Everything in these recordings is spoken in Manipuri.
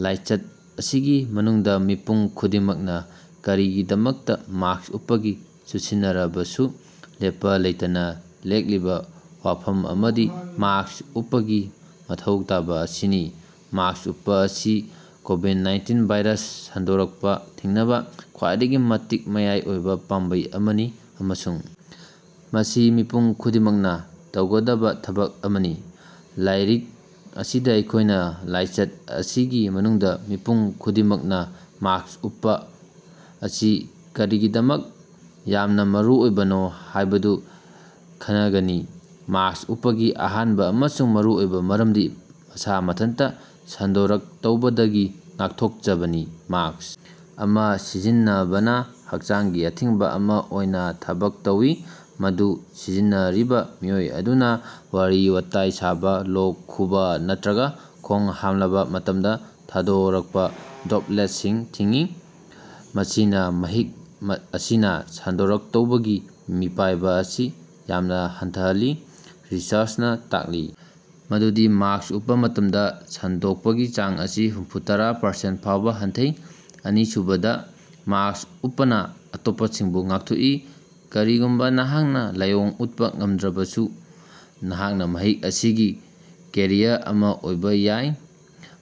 ꯂꯥꯏꯆꯠ ꯑꯁꯤꯒꯤ ꯃꯅꯨꯡꯗ ꯃꯤꯄꯨꯝ ꯈꯨꯗꯤꯡꯃꯛꯅ ꯀꯔꯤꯒꯤꯗꯃꯛꯇ ꯃꯥꯁ꯭ꯛ ꯎꯞꯄꯒꯤ ꯆꯨꯁꯤꯟꯅꯔꯕꯁꯨ ꯂꯦꯞꯄ ꯂꯩꯇꯅ ꯂꯦꯛꯂꯤꯕ ꯋꯥꯐꯝ ꯑꯃꯗꯤ ꯃꯥꯁ꯭ꯛ ꯎꯞꯄꯒꯤ ꯃꯊꯧ ꯇꯥꯕ ꯑꯁꯤꯅꯤ꯫ ꯃꯥꯁ꯭ꯛ ꯎꯞꯄ ꯑꯁꯤ ꯀꯣꯕꯤꯗ-ꯅꯥꯏꯟꯇꯤꯟ ꯚꯥꯏꯔꯁ ꯁꯟꯗꯣꯔꯛꯄ ꯊꯤꯡꯅꯕ ꯈ꯭ꯋꯥꯏꯗꯒꯤ ꯃꯇꯤꯛ ꯃꯌꯥꯏ ꯑꯣꯏꯕ ꯄꯥꯝꯕꯩ ꯑꯃꯅꯤ, ꯑꯃꯁꯨꯡ ꯃꯁꯤ ꯃꯤꯄꯨꯝ ꯈꯨꯗꯤꯡꯃꯛꯅ ꯇꯧꯒꯗꯕ ꯊꯕꯛ ꯑꯃꯅꯤ꯫ ꯂꯥꯏꯔꯤꯛ ꯑꯁꯤꯗ ꯑꯩꯈꯣꯏꯅ ꯂꯥꯏꯆꯠ ꯑꯁꯤꯒꯤ ꯃꯅꯨꯡꯗ ꯃꯤꯄꯨꯝ ꯈꯨꯗꯤꯡꯃꯛꯅ ꯃꯥꯁ꯭ꯛ ꯎꯞꯄ ꯑꯁꯤ ꯀꯔꯤꯒꯤꯗꯃꯛ ꯌꯥꯝꯅ ꯃꯔꯨꯑꯣꯏꯕꯅꯣ ꯍꯥꯏꯕꯗꯨ ꯈꯟꯅꯒꯅꯤ꯫ ꯃꯥꯁ꯭ꯛ ꯎꯞꯄꯒꯤ ꯑꯍꯥꯟꯕ ꯑꯃꯁꯨꯡ ꯃꯔꯨꯑꯣꯏꯕ ꯃꯔꯝꯗꯤ ꯃꯁꯥ ꯃꯊꯟꯇ ꯁꯟꯗꯣꯔꯛꯇꯧꯕꯗꯒꯤ ꯉꯥꯛꯊꯣꯛꯆꯕꯅꯤ꯫ ꯃꯥꯁ꯭ꯛ ꯑꯃ ꯁꯤꯖꯤꯟꯅꯕꯅ ꯍꯛꯆꯥꯡꯒꯤ ꯑꯊꯤꯡꯕ ꯑꯃ ꯑꯣꯏꯅ ꯊꯕꯛ ꯇꯧꯏ, ꯃꯗꯨ ꯁꯤꯖꯤꯟꯅꯔꯤꯕ ꯃꯤꯑꯣꯏ ꯑꯗꯨꯅ ꯋꯥꯔꯤ-ꯋꯥꯇꯥꯏ ꯁꯥꯕ, ꯂꯣꯛ ꯈꯨꯕ ꯅꯠꯇ꯭ꯔꯒ ꯈꯣꯡ ꯍꯥꯝꯂꯕ ꯃꯇꯝꯗ ꯊꯥꯗꯣꯔꯛꯄ ꯗ꯭ꯔꯣꯄꯂꯦꯠꯁꯤꯡ ꯊꯤꯡꯏ꯫ ꯃꯁꯤꯅ ꯃꯍꯤꯛ ꯑꯁꯤꯅ ꯁꯟꯗꯣꯔꯛꯇꯧꯕꯒꯤ ꯃꯤꯄꯥꯏꯕ ꯑꯁꯤ ꯌꯥꯝꯅ ꯍꯟꯊꯍꯜꯂꯤ꯫ ꯔꯤꯁꯔꯆꯅ ꯇꯥꯛꯂꯤ ꯃꯗꯨꯗꯤ ꯃꯥꯁ꯭ꯛ ꯎꯞꯄ ꯃꯇꯝꯗ ꯁꯟꯗꯣꯛꯄꯒꯤ ꯆꯥꯡ ꯑꯁꯤ ꯍꯨꯝꯐꯨꯇꯔꯥ ꯄꯥꯔꯁꯦꯟꯠ ꯐꯥꯑꯎꯕ ꯍꯟꯊꯩ꯫ ꯑꯅꯤꯁꯨꯕꯗ, ꯃꯥꯁ꯭ꯛ ꯎꯞꯄꯅ ꯑꯇꯣꯞꯄꯁꯤꯡꯕꯨ ꯉꯥꯛꯊꯣꯛꯏ꯫ ꯀꯔꯤꯒꯨꯝꯕ ꯅꯍꯥꯛꯅ ꯂꯥꯏꯑꯣꯡ ꯎꯠꯄ ꯉꯝꯗ꯭ꯔꯕꯁꯨ, ꯅꯍꯥꯛꯅ ꯃꯍꯤꯛ ꯑꯁꯤꯒꯤ ꯀꯦꯔꯤꯌꯔ ꯑꯃ ꯑꯣꯏꯕ ꯌꯥꯏ꯫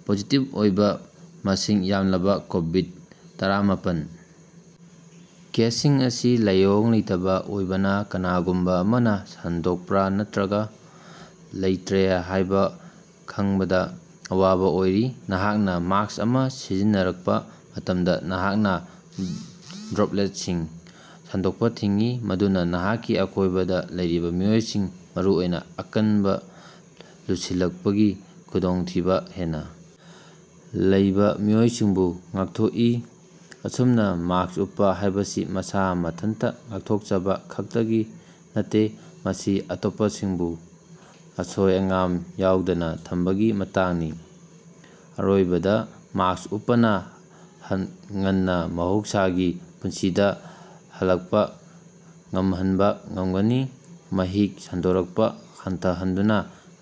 ꯄꯣꯖꯤꯇꯤꯕ ꯑꯣꯏꯕ ꯃꯁꯤꯡ ꯌꯥꯝꯂꯕ ꯀꯣꯕꯤꯗ-ꯇꯔꯥꯃꯥꯄꯜ ꯀꯦꯁꯁꯤꯡ ꯑꯁꯤ ꯂꯥꯏꯑꯣꯡ ꯂꯩꯇꯕ ꯑꯣꯏꯕꯅ ꯀꯅꯥꯒꯨꯝꯕ ꯑꯃꯅ ꯁꯟꯗꯣꯛꯄ꯭ꯔ ꯅꯠꯇ꯭ꯔꯒ ꯂꯩꯇ꯭ꯔꯦ ꯍꯥꯏꯕ ꯈꯪꯕꯗ ꯑꯋꯥꯕ ꯑꯣꯏꯔꯤ꯫ ꯅꯍꯥꯛꯅ ꯃꯥꯁ꯭ꯛ ꯑꯃ ꯁꯤꯖꯤꯟꯅꯔꯛꯄ ꯃꯇꯝꯗ, ꯅꯍꯥꯛꯅ ꯗ꯭ꯔꯣꯄꯂꯦꯠꯁꯤꯡ ꯁꯟꯗꯣꯛꯄ ꯊꯤꯡꯏ, ꯃꯗꯨꯅ ꯅꯍꯥꯛꯀꯤ ꯑꯀꯣꯏꯕꯗ ꯂꯩꯔꯤꯕ ꯃꯤꯑꯣꯏꯁꯤꯡ, ꯃꯔꯨꯑꯣꯏꯅ ꯑꯀꯟꯕ ꯂꯨꯁꯤꯜꯂꯛꯄꯒꯤ ꯈꯨꯗꯣꯡꯊꯤꯕ ꯍꯦꯟꯅ ꯂꯩꯕ ꯃꯤꯑꯣꯏꯁꯤꯡꯕꯨ ꯉꯥꯛꯊꯣꯛꯏ꯫ ꯑꯁꯨꯝꯅ, ꯃꯥꯁ꯭ꯛ ꯎꯞꯄ ꯍꯥꯏꯕꯁꯤ ꯃꯁꯥ ꯃꯊꯟꯇ ꯉꯥꯛꯊꯣꯛꯆꯕ ꯈꯛꯇꯒꯤ ꯅꯠꯇꯦ, ꯃꯁꯤ ꯑꯇꯣꯞꯄꯁꯤꯡꯕꯨ ꯑꯁꯣꯏ ꯑꯉꯥꯝ ꯌꯥꯑꯣꯗꯅ ꯊꯝꯕꯒꯤ ꯃꯇꯥꯡꯅꯤ꯫ ꯑꯔꯣꯏꯕꯗ ꯃꯥꯁ꯭ꯛ ꯎꯞꯄꯅ ꯉꯟꯅ ꯃꯍꯧꯁꯥꯒꯤ ꯄꯨꯟꯁꯤꯗ ꯍꯜꯂꯛꯄ ꯉꯝꯍꯟꯕ ꯉꯝꯒꯅꯤ꯫ ꯃꯍꯤꯛ ꯁꯟꯗꯣꯔꯛꯄ ꯍꯟꯊꯍꯟꯗꯨꯅ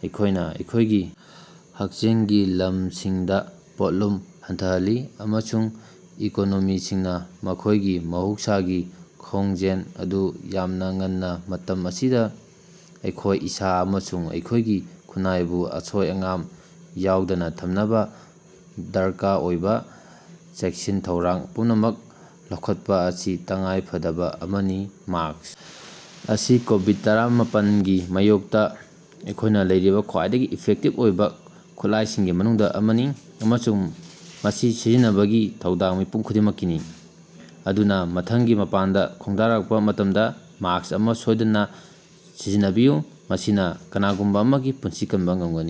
ꯑꯩꯈꯣꯏꯅ ꯑꯩꯈꯣꯏꯒꯤ ꯍꯛꯁꯦꯜꯒꯤ ꯂꯝꯁꯤꯡꯗ ꯄꯣꯠꯂꯨꯝ ꯍꯟꯊꯍꯜꯂꯤ, ꯑꯃꯁꯨꯡ ꯏꯀꯣꯅꯣꯃꯤꯁꯤꯡꯅ ꯃꯈꯣꯏꯒꯤ ꯃꯍꯧꯁꯥꯒꯤ ꯈꯣꯡꯖꯦꯜ ꯑꯗꯨ ꯌꯥꯝꯅ ꯉꯟꯅ ꯃꯇꯝ ꯑꯁꯤꯗ, ꯑꯩꯈꯣꯏ ꯏꯁꯥ ꯑꯃꯁꯨꯡ ꯑꯩꯈꯣꯏꯒꯤ ꯈꯨꯟꯅꯥꯏꯕꯨ ꯑꯁꯣꯏ ꯑꯉꯥꯝ ꯌꯥꯑꯣꯗꯅ ꯊꯝꯅꯕ ꯗꯔꯀꯥꯔ ꯑꯣꯏꯕ ꯆꯦꯛꯁꯤꯟ ꯊꯧꯔꯥꯡ ꯄꯨꯝꯅꯃꯛ ꯂꯧꯈꯠꯄ ꯑꯁꯤ ꯇꯉꯥꯏꯐꯗꯕ ꯑꯃꯅꯤ꯫ ꯃꯥꯁ꯭ꯛ ꯑꯁꯤ ꯀꯣꯕꯤꯗ- ꯇꯔꯥꯃꯥꯄꯜ ꯒꯤ ꯃꯥꯌꯣꯛꯇ ꯑꯩꯈꯣꯏꯅ ꯂꯩꯔꯤꯕ ꯈ꯭ꯋꯥꯏꯗꯒꯤ ꯏꯐꯦꯛꯇꯤꯕ ꯑꯣꯏꯕ ꯈꯨꯠꯂꯥꯏꯁꯤꯡꯒꯤ ꯃꯅꯨꯡꯗ ꯑꯃꯅꯤ, ꯑꯃꯁꯨꯡ ꯃꯁꯤ ꯁꯤꯖꯤꯟꯅꯕꯒꯤ ꯊꯧꯗꯥꯡ ꯃꯤꯄꯨꯝ ꯈꯨꯗꯤꯡꯃꯛꯀꯤꯅꯤ꯫ ꯑꯗꯨꯅ ꯃꯊꯪꯒꯤ ꯃꯄꯥꯟꯗ ꯈꯣꯡꯗꯥꯔꯛꯄ ꯃꯇꯝꯗ, ꯃꯥꯁ꯭ꯛ ꯑꯃ ꯁꯣꯏꯗꯅ ꯁꯤꯖꯤꯟꯅꯕꯤꯌꯨ – ꯃꯁꯤꯅ ꯀꯅꯥꯒꯨꯝꯕ ꯑꯃꯒꯤ ꯄꯨꯟꯁꯤ ꯀꯟꯕ ꯉꯝꯒꯅꯤ꯫